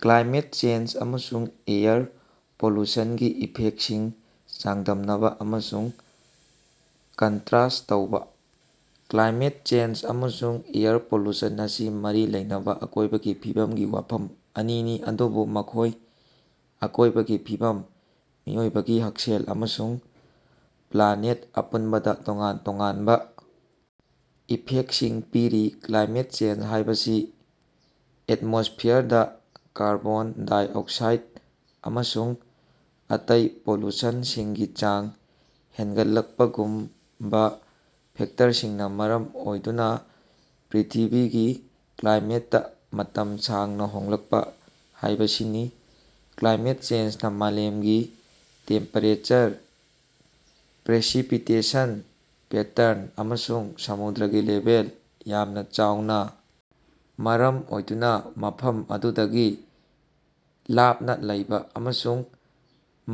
Climate change ꯑꯃꯁꯨꯡ air ꯄꯣꯂ꯭ꯌꯨꯁꯟꯒꯤ ꯏꯐꯦꯛꯇꯁꯤꯡ ꯆꯥꯡꯗꯝꯅꯕ ꯑꯃꯁꯨꯡ ꯀꯟꯇ꯭ꯔꯥꯁꯠ ꯇꯧꯕ- ꯀ꯭ꯂꯥꯏꯃꯦꯠ ꯆꯦꯟꯖ ꯑꯃꯁꯨꯡ ꯑꯦꯌꯔ ꯄꯣꯂ꯭ꯌꯨꯁꯟ ꯑꯁꯤ ꯃꯔꯤ ꯂꯩꯅꯕ ꯑꯀꯣꯏꯕꯒꯤ ꯐꯤꯕꯝꯒꯤ ꯋꯥꯐꯝ ꯑꯅꯤꯅꯤ ꯑꯗꯨꯕꯨ ꯃꯈꯣꯏ ꯑꯀꯣꯏꯕꯒꯤ ꯐꯤꯕꯝ, ꯃꯤꯑꯣꯏꯕꯒꯤ ꯍꯛꯁꯦꯜ ꯑꯃꯁꯨꯡ ꯄ꯭ꯂꯥꯅꯦꯠ ꯑꯄꯨꯟꯕꯗ ꯇꯣꯉꯥꯟ ꯇꯣꯉꯥꯟꯕ ꯏꯐꯦꯛꯇꯁꯤꯡ ꯄꯤꯔꯤ꯫ ꯀ꯭ꯂꯥꯏꯃꯦꯠ ꯆꯦꯟꯖ ꯍꯥꯏꯕꯁꯤ ꯑꯦꯇꯃꯣꯁ꯭ꯐꯤꯌꯔꯗ ꯀꯥꯔꯕꯣꯟ -ꯗꯥꯏꯑꯣꯛꯁꯥꯏꯗ ꯑꯃꯁꯨꯡ ꯑꯇꯩ ꯄꯣꯂ꯭ꯌꯨꯁꯟꯁꯤꯡꯒꯤ ꯆꯥꯡ ꯍꯦꯟꯒꯠꯂꯛꯄꯒꯨꯝꯕ ꯐꯦꯛꯇꯔꯁꯤꯡꯅ ꯃꯔꯝ ꯑꯣꯏꯗꯨꯅ ꯄ꯭ꯔꯤꯊꯤꯕꯤꯒꯤ ꯀ꯭ꯂꯥꯏꯃꯦꯠꯇ ꯃꯇꯝ ꯁꯥꯡꯅ ꯍꯣꯡꯂꯛꯄ ꯍꯥꯏꯕꯁꯤꯅꯤ꯫ ꯀ꯭ꯂꯥꯏꯃꯦꯠ ꯆꯦꯟꯖꯅ ꯃꯥꯂꯦꯝꯒꯤ ꯇꯦꯝꯄꯦꯔꯦꯆꯔ, ꯄ꯭ꯔꯦꯁꯤꯄꯤꯇꯦꯁꯟ ꯄꯦꯇꯔꯟ ꯑꯃꯁꯨꯡ ꯁꯃꯨꯗ꯭ꯔꯒꯤ ꯂꯦꯚꯦꯜꯗ ꯌꯥꯝꯅ ꯆꯥꯎꯅ ꯃꯔꯝ ꯑꯣꯏꯗꯨꯅ ꯃꯐꯝ ꯑꯗꯨꯗꯒꯤ ꯂꯥꯞꯅ ꯂꯩꯕ ꯑꯃꯁꯨꯡ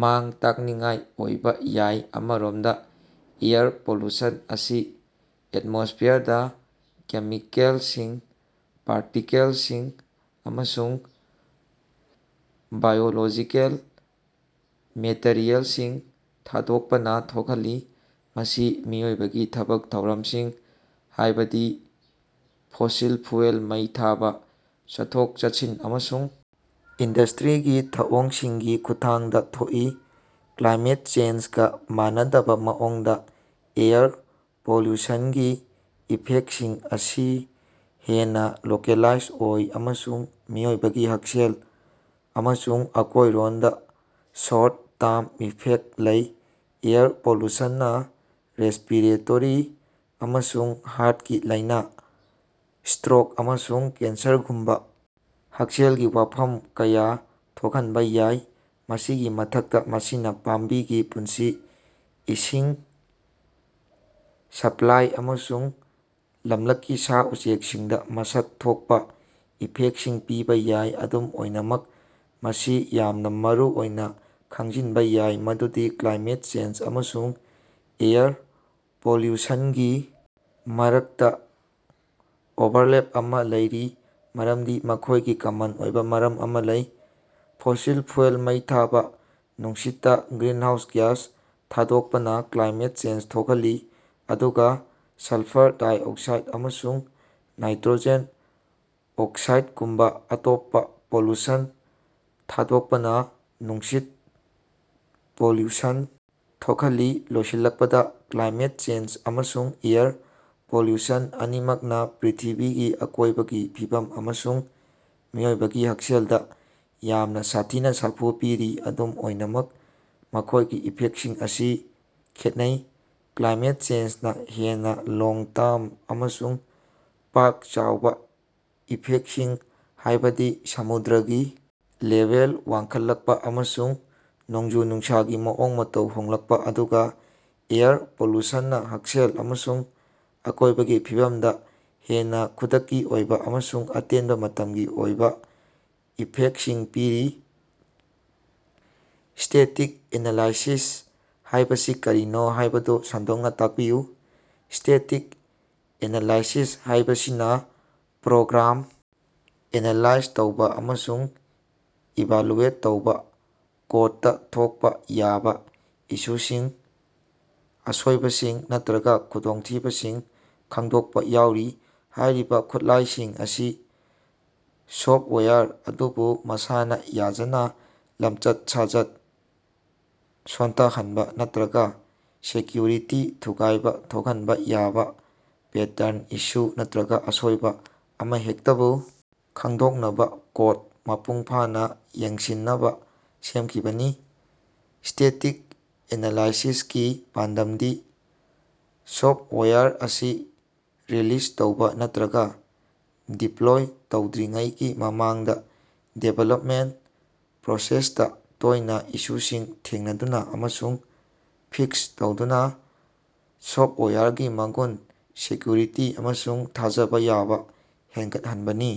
ꯃꯥꯡ-ꯇꯥꯛꯅꯤꯡꯉꯥꯏ ꯑꯣꯏꯕ ꯌꯥꯏ꯫ ꯑꯃꯔꯣꯝꯗ ꯑꯦꯌꯔ ꯄꯣꯂ꯭ꯌꯨꯁꯟ ꯑꯁꯤ ꯑꯦꯠꯃꯣꯁ꯭ꯐꯤꯌꯔꯗ ꯀꯦꯃꯤꯀꯦꯜꯁꯤꯡ, ꯄꯥꯔꯇꯤꯀꯜꯁꯤꯡ ꯑꯃꯁꯨꯡ ꯕꯥꯏꯑꯣꯂꯣꯖꯤꯀꯦꯜ ꯃꯦꯇꯤꯔꯤꯑꯦꯜꯁꯤꯡ ꯊꯥꯗꯣꯛꯄꯅ ꯊꯣꯛꯍꯜꯂꯤ꯫ ꯃꯁꯤ ꯃꯤꯑꯣꯏꯕꯒꯤ ꯊꯕꯛ ꯊꯧꯔꯝꯁꯤꯡ ꯍꯥꯏꯕꯗꯤ ꯐꯣꯁꯤꯜ ꯐꯨꯑꯦꯜ ꯃꯩ ꯊꯥꯕ, ꯆꯠꯊꯣꯛ-ꯆꯠꯁꯤꯟ ꯑꯃꯁꯨꯡ ꯏꯟꯗꯁꯇ꯭ꯔꯤꯒꯤ ꯊꯧꯑꯣꯡꯁꯤꯡꯒꯤ ꯈꯨꯠꯊꯥꯡꯗ ꯊꯣꯛꯏ꯫ ꯀ꯭ꯂꯥꯏꯃꯦꯠ ꯆꯦꯟꯖꯀ ꯃꯥꯟꯅꯗꯕ ꯃꯑꯣꯡꯗ ꯑꯦꯌꯔ ꯄꯣꯂ꯭ꯌꯨꯁꯟꯒꯤ ꯏꯐꯦꯛꯇꯁꯤꯡ ꯑꯁꯤ ꯍꯦꯟꯅ ꯂꯣꯀꯦꯜꯂꯥꯏꯖ ꯑꯣꯏ ꯑꯃꯁꯨꯡ ꯃꯤꯑꯣꯏꯕꯒꯤ ꯍꯛꯁꯦꯜ ꯑꯃꯁꯨꯡ ꯑꯀꯣꯏꯔꯣꯟꯗ ꯁꯣꯔꯠ ꯇꯔꯝ ꯏꯐꯦꯛꯇ ꯂꯩ꯫ ꯑꯦꯌꯔ ꯄꯣꯂ꯭ꯌꯨꯁꯟꯅ ꯔꯦꯁ꯭ꯄꯤꯔꯦꯇꯣꯔꯤ ꯑꯃꯁꯨꯡ ꯍꯥꯔꯠꯀꯤ ꯂꯥꯏꯅꯥ, ꯁꯇ꯭ꯔꯣꯛ ꯑꯃꯁꯨꯡ ꯀꯦꯟꯁꯔꯒꯨꯝꯕ ꯍꯛꯁꯦꯜꯒꯤ ꯋꯥꯐꯝ ꯀꯌꯥ ꯊꯣꯛꯍꯟꯕ ꯌꯥꯏ꯫ ꯃꯁꯤꯒꯤ ꯃꯊꯛꯇ ꯃꯁꯤꯅ ꯄꯥꯝꯕꯤꯒꯤ ꯄꯨꯟꯁꯤ, ꯏꯁꯤꯡ ꯁꯄ꯭ꯂꯥꯏ ꯑꯃꯁꯨꯡ ꯂꯝꯂꯛꯀꯤ ꯁꯥ-ꯎꯆꯦꯛꯁꯤꯡꯗ ꯃꯁꯛ ꯊꯣꯛꯄꯥ ꯏꯐꯦꯛꯇꯁꯤꯡ ꯄꯤꯕ ꯌꯥꯏ꯫ ꯑꯗꯨꯝ ꯑꯣꯏꯅꯃꯛ ꯃꯁꯤ ꯌꯥꯝꯅ ꯃꯔꯨꯑꯣꯏꯅ ꯈꯪꯖꯤꯟꯕ ꯌꯥꯏ ꯃꯗꯨꯗꯤ ꯀ꯭ꯂꯥꯏꯃꯦꯠ ꯆꯦꯟꯖ ꯑꯃꯁꯨꯡ ꯑꯦꯌꯔ ꯄꯣꯂ꯭ꯌꯨꯁꯟꯒꯤ ꯃꯔꯛꯇ ꯑꯣꯚꯔꯂꯦꯞ ꯑꯃ ꯂꯩꯔꯤ ꯃꯔꯝꯗꯤ ꯃꯈꯣꯏꯒꯤ ꯀꯃꯟ ꯑꯣꯏꯕ ꯃꯔꯝ ꯑꯃ ꯂꯩ꯫ ꯐꯣꯁꯤꯜ ꯐꯨꯑꯦꯜ ꯃꯩ ꯊꯥꯕꯥ, ꯅꯨꯡꯁꯤꯠꯇ ꯒ꯭ꯔꯤꯟꯍꯥꯎꯁ ꯒ꯭ꯌꯥꯁ ꯊꯥꯗꯣꯛꯄꯅ ꯀ꯭ꯂꯥꯏꯃꯦꯠ ꯆꯦꯟꯖ ꯊꯣꯛꯍꯜꯂꯤ ꯑꯗꯨꯒ ꯁꯜꯐꯔ -ꯗꯥꯏꯑꯣꯛꯁꯥꯏꯗ ꯑꯃꯁꯨꯡ ꯅꯥꯏꯇ꯭ꯔꯣꯖꯦꯟ- ꯑꯣꯛꯁꯥꯏꯗꯀꯨꯝꯕ ꯑꯇꯣꯞꯄ ꯄꯣꯂ꯭ꯌꯨꯁꯟ ꯊꯥꯗꯣꯛꯄꯅ ꯅꯨꯡꯁꯤꯠ ꯄꯣꯂ꯭ꯌꯨꯁꯟ ꯊꯣꯛꯍꯜꯂꯤ꯫ ꯂꯣꯏꯁꯤꯜꯂꯛꯄꯗ, ꯀ꯭ꯂꯥꯏꯃꯦꯠ ꯆꯦꯟꯖ ꯑꯃꯁꯨꯡ ꯑꯦꯌꯔ ꯄꯣꯂ꯭ꯌꯨꯁꯟ ꯑꯅꯤꯃꯛꯅ ꯄ꯭ꯔꯤꯊꯤꯕꯤꯒꯤ ꯑꯀꯣꯏꯕꯒꯤ ꯐꯤꯕꯝ ꯑꯃꯁꯨꯡ ꯃꯤꯑꯣꯏꯕꯒꯤ ꯍꯛꯁꯦꯜꯗ ꯌꯥꯝꯅ ꯁꯥꯊꯤꯅ ꯁꯥꯐꯨ ꯄꯤꯔꯤ꯫ ꯑꯗꯨꯝ ꯑꯣꯏꯅꯃꯛ ꯃꯈꯣꯏꯒꯤ ꯏꯐꯦꯛꯇꯁꯤꯡ ꯑꯁꯤ ꯈꯦꯠꯅꯩ꯫ ꯀ꯭ꯂꯥꯏꯃꯦꯠ ꯆꯦꯟꯖꯅ ꯍꯦꯟꯅ ꯂꯣꯡ-ꯇꯔꯝ ꯑꯃꯁꯨꯡ ꯄꯥꯛ-ꯆꯥꯎꯕ ꯏꯐꯦꯛꯇꯁꯤꯡ ꯍꯥꯏꯕꯗꯤ ꯁꯃꯨꯗ꯭ꯔꯒꯤ ꯂꯦꯚꯦꯜ ꯋꯥꯡꯈꯠꯂꯛꯄ ꯑꯃꯁꯨꯡ ꯅꯣꯡꯖꯨ-ꯅꯨꯡꯁꯥꯒꯤ ꯃꯑꯣꯡ-ꯃꯇꯧ ꯍꯣꯡꯂꯛꯄ ꯑꯗꯨꯒ ꯑꯦꯌꯔ ꯄꯣꯂ꯭ꯌꯨꯁꯟꯅ ꯍꯛꯁꯦꯜ ꯑꯃꯁꯨꯡ ꯑꯀꯣꯏꯕꯒꯤ ꯐꯤꯕꯝꯗ ꯍꯦꯟꯅ ꯈꯨꯗꯛꯀꯤ ꯑꯣꯏꯕ ꯑꯃꯁꯨꯡ ꯑꯇꯦꯟꯕ ꯃꯇꯝꯒꯤ ꯑꯣꯏꯕ ꯏꯐꯦꯛꯇꯁꯤꯡ ꯄꯤꯔꯤ꯫ ꯁ꯭ꯇꯦꯇꯤꯛ ꯑꯦꯅꯂꯥꯏꯁꯤꯁ ꯍꯥꯏꯕꯁꯤ ꯀꯔꯤꯅꯣ ꯍꯥꯏꯕꯗꯨ ꯁꯟꯗꯣꯛꯅ ꯇꯥꯛꯄꯤꯌꯨ꯫ ꯁ꯭ꯇꯦꯇꯤꯛ ꯑꯦꯅꯂꯥꯏꯁꯤꯁ ꯍꯥꯏꯕꯁꯤꯅ ꯄ꯭ꯔꯣꯒ꯭ꯔꯥꯝ ꯑꯦꯅꯂꯥꯏꯖ ꯇꯧꯕ ꯑꯃꯁꯨꯡ ꯏꯚꯥꯂꯨꯑꯦꯠ ꯇꯧꯕ, ꯀꯣꯗꯇ ꯊꯣꯛꯄ ꯌꯥꯕ ꯏꯁꯨꯁꯤꯡ, ꯑꯁꯣꯏꯕꯁꯤꯡ ꯅꯠꯇ꯭ꯔꯒ ꯈꯨꯗꯣꯡꯊꯤꯕꯁꯤꯡ ꯈꯪꯗꯣꯛꯄ ꯌꯥꯎꯔꯤ꯫ ꯍꯥꯏꯔꯤꯕ ꯈꯨꯠꯂꯥꯏꯁꯤꯡ ꯑꯁꯤ ꯁꯣꯐꯇꯋꯦꯌꯔ ꯑꯗꯨꯕꯨ ꯃꯁꯥꯅ ꯌꯥꯖꯅ ꯂꯝꯆꯠ-ꯁꯥꯖꯠ ꯁꯣꯟꯊꯍꯟꯕ ꯅꯠꯇ꯭ꯔꯒ ꯁꯦꯀ꯭ꯌꯨꯔꯤꯇꯤ ꯊꯨꯒꯥꯏꯕ ꯊꯣꯛꯍꯟꯕ ꯌꯥꯕ ꯄꯦꯇꯔꯟ, ꯏꯁꯨ ꯅꯠꯇ꯭ꯔꯒ ꯑꯁꯣꯏꯕ ꯑꯃꯍꯦꯛꯇꯕꯨ ꯈꯪꯗꯣꯛꯅꯕ ꯀꯣꯗ ꯃꯄꯨꯡꯐꯥꯅ ꯌꯦꯡꯁꯤꯟꯅꯕ ꯁꯦꯝꯈꯤꯕꯅꯤ꯫ ꯁ꯭ꯇꯦꯇꯤꯛ ꯑꯦꯅꯂꯥꯏꯁꯤꯁꯀꯤ ꯄꯥꯟꯗꯝꯗꯤ ꯁꯣꯐꯇꯋꯦꯌꯔ ꯑꯁꯤ ꯔꯤꯂꯤꯖ ꯇꯧꯕ ꯅꯠꯇ꯭ꯔꯒ ꯗꯤꯄ꯭ꯂꯣꯏ ꯇꯧꯗ꯭ꯔꯤꯉꯩꯒꯤ ꯃꯃꯥꯡꯗ ꯗꯤꯚꯦꯂꯞꯃꯦꯟꯇ ꯄ꯭ꯔꯣꯁꯦꯁꯇ ꯇꯣꯏꯅ ꯏꯁꯨꯁꯤꯡ ꯊꯦꯡꯅꯗꯨꯅ ꯑꯃꯁꯨꯡ ꯐꯤꯛꯁ ꯇꯧꯗꯨꯅ ꯁꯣꯐꯇꯋꯦꯌꯔꯒꯤ ꯃꯒꯨꯟ, ꯁꯦꯀ꯭ꯌꯨꯔꯤꯇꯤ ꯑꯃꯁꯨꯡ ꯊꯥꯖꯕ ꯌꯥꯕ ꯍꯦꯟꯒꯠꯍꯟꯕꯅꯤ꯫